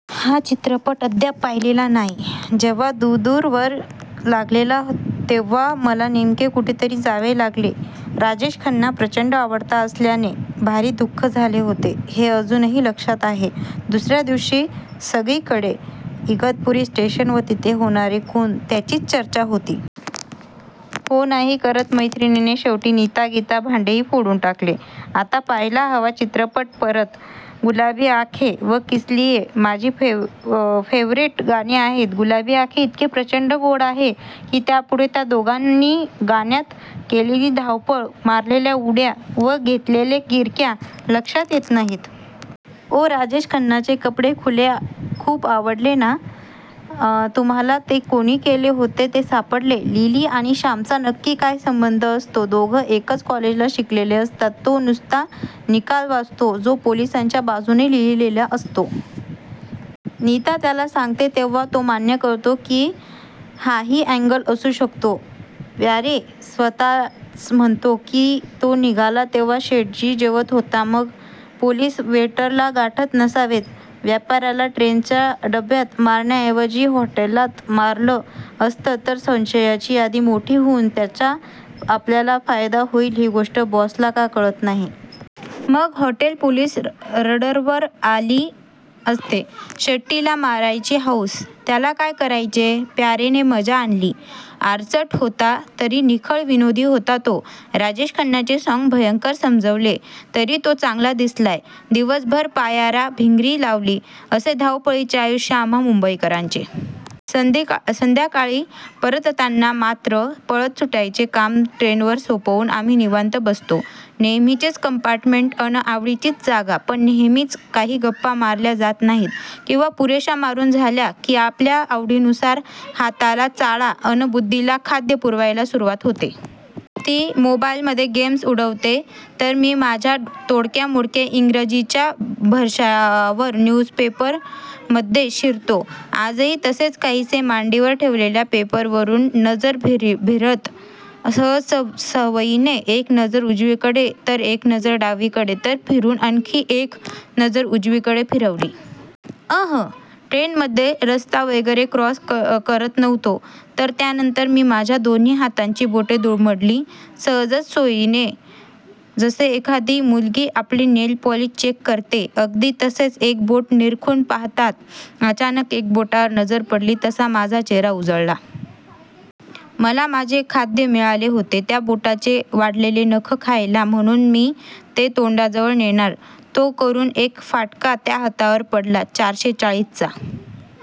हा चित्रपट अद्याप पाहिलेला नाहीय. जेव्हा दुदवर लागलेला तेव्हा मला नेमके कुठेतरी जावे लागले होते. राजेश खन्ना प्रचंड आवडता असल्याने भारी दुःख झाले होते हे अजूनही लक्षात आहे. दुसऱ्या दिवशी सगकीकडे इगतपुरी स्टेशन व तिथे होणारे खून यांचीच चर्चा होती. हो नाही करता मैत्रिणींनी शेवटी नीता गीता भांडेही फोडून टाकले. आता पाहायला हवा चित्रपट परत. गुलाबी अँखे व किसलीये माझी फेव गाणी आहेत. गुलाबी आंखे इतके प्रचंड गोड आहे की त्यापुढे त्या दोघांनी गाण्यात केलेली धावपळ, मारलेल्या उड्या व घेतलेल्या गिरक्या लक्षात येत नाहीत. ओ आणि राजेश खन्नाचे कपडे खुप आवडले ना तुम्हाला ते कोणी केले होते ते सापडले -लिली आणि श्यामचा नक्की काय संबंध असतो? "दोघे एकाच कॉलेजात शिकलेले असतात. तो नुसता निकाल वाचतो, जो पोलिसांच्या बाजूने लिहिलेला असतो. नीता त्याला सांगते तेव्हा तो मान्य करतो की हाही अँगल असु शकतो. प्यारे स्वतःच म्हणतो की तो निघाला तेव्हा शेटजी जेवत होता. मग पोलीस वेटरला गाठत नसावेत. व्यापार्याला ट्रेनच्या डब्यात मारण्याऐवजी हॉटेलात मारलं असतं तर संशयितांची यादी मोठी होऊन त्याचा आपल्याला फायदा होईल ही गोष्ट बॉसला का कळत नाही? मग हॉटेल पोलीस रडारवर आले असते. शेट्टी ला मारायची हौस, त्याला काय करायचे. प्यारेने मजा आणली. आचरट होता तरी निखळ विनोदी होता तो. राजेश खन्नाचे सोंग भयंकर सजवलेय. तरी तो चांगला दिसलाय. दिवसभर पायाला भिंगरी लावलीय, असे धावपळीचे आयुष्य आम्हा मुंबईकरांचे. संध्याकाळी परतताना मात्र पळत सुटायचे काम ट्रेनवर सोपवून आम्ही निवांत बसतो.. नेहमीचेच कंपार्टमेंट, अन आवडीचीच जागा, पण नेहमीच काही गप्पा मारल्या जात नाहीत किंवा पुरेश्या मारून झाल्या की आपापल्या आवडीनुसार हाताला चाळा अन बुद्धीला खाद्य पुरवायला सुरुवात होते. ती मोबाईल गेम्स उघडते, तर मी माझ्या तोडक्यामोडक्या ईंग्रजीच्या भरवश्यावर न्यूजपेपरमध्ये शिरतो. आजही तसेच काहीसे.. मांडीवर ठेवलेल्या पेपर वरून नजर भिरभिरवत सहज सवयीनेच एक नजर उजवीकडे तर एक नजर डावीकडे.. तर फिरून पुन्हा आणखी एक नजर उजवीकडे फिरवली.. अंह, ट्रेनमध्ये रस्ता वगैरे क्रॉस करत नव्हतो.. तर, त्यानंतर मी माझ्या दोन्ही हातांची बोटे दुमडली.. सहजच.. सवयीनेच.. जसे एखादी मुलगी आपले नेलपॉलिश चेक करते, अगदी तसेच.. एक एक बोट निरखून पाहता अचानक एका बोटावर नजर पडली तसा माझा चेहरा उजळला. मला माझे खाद्य मिळाले होते. त्या बोटाचे वाढलेले नख खायला म्हणून मी ते तोंडाजवळ नेणार, तो करून एक फटका त्या हातावर पडला.. चारशे चाळीसचा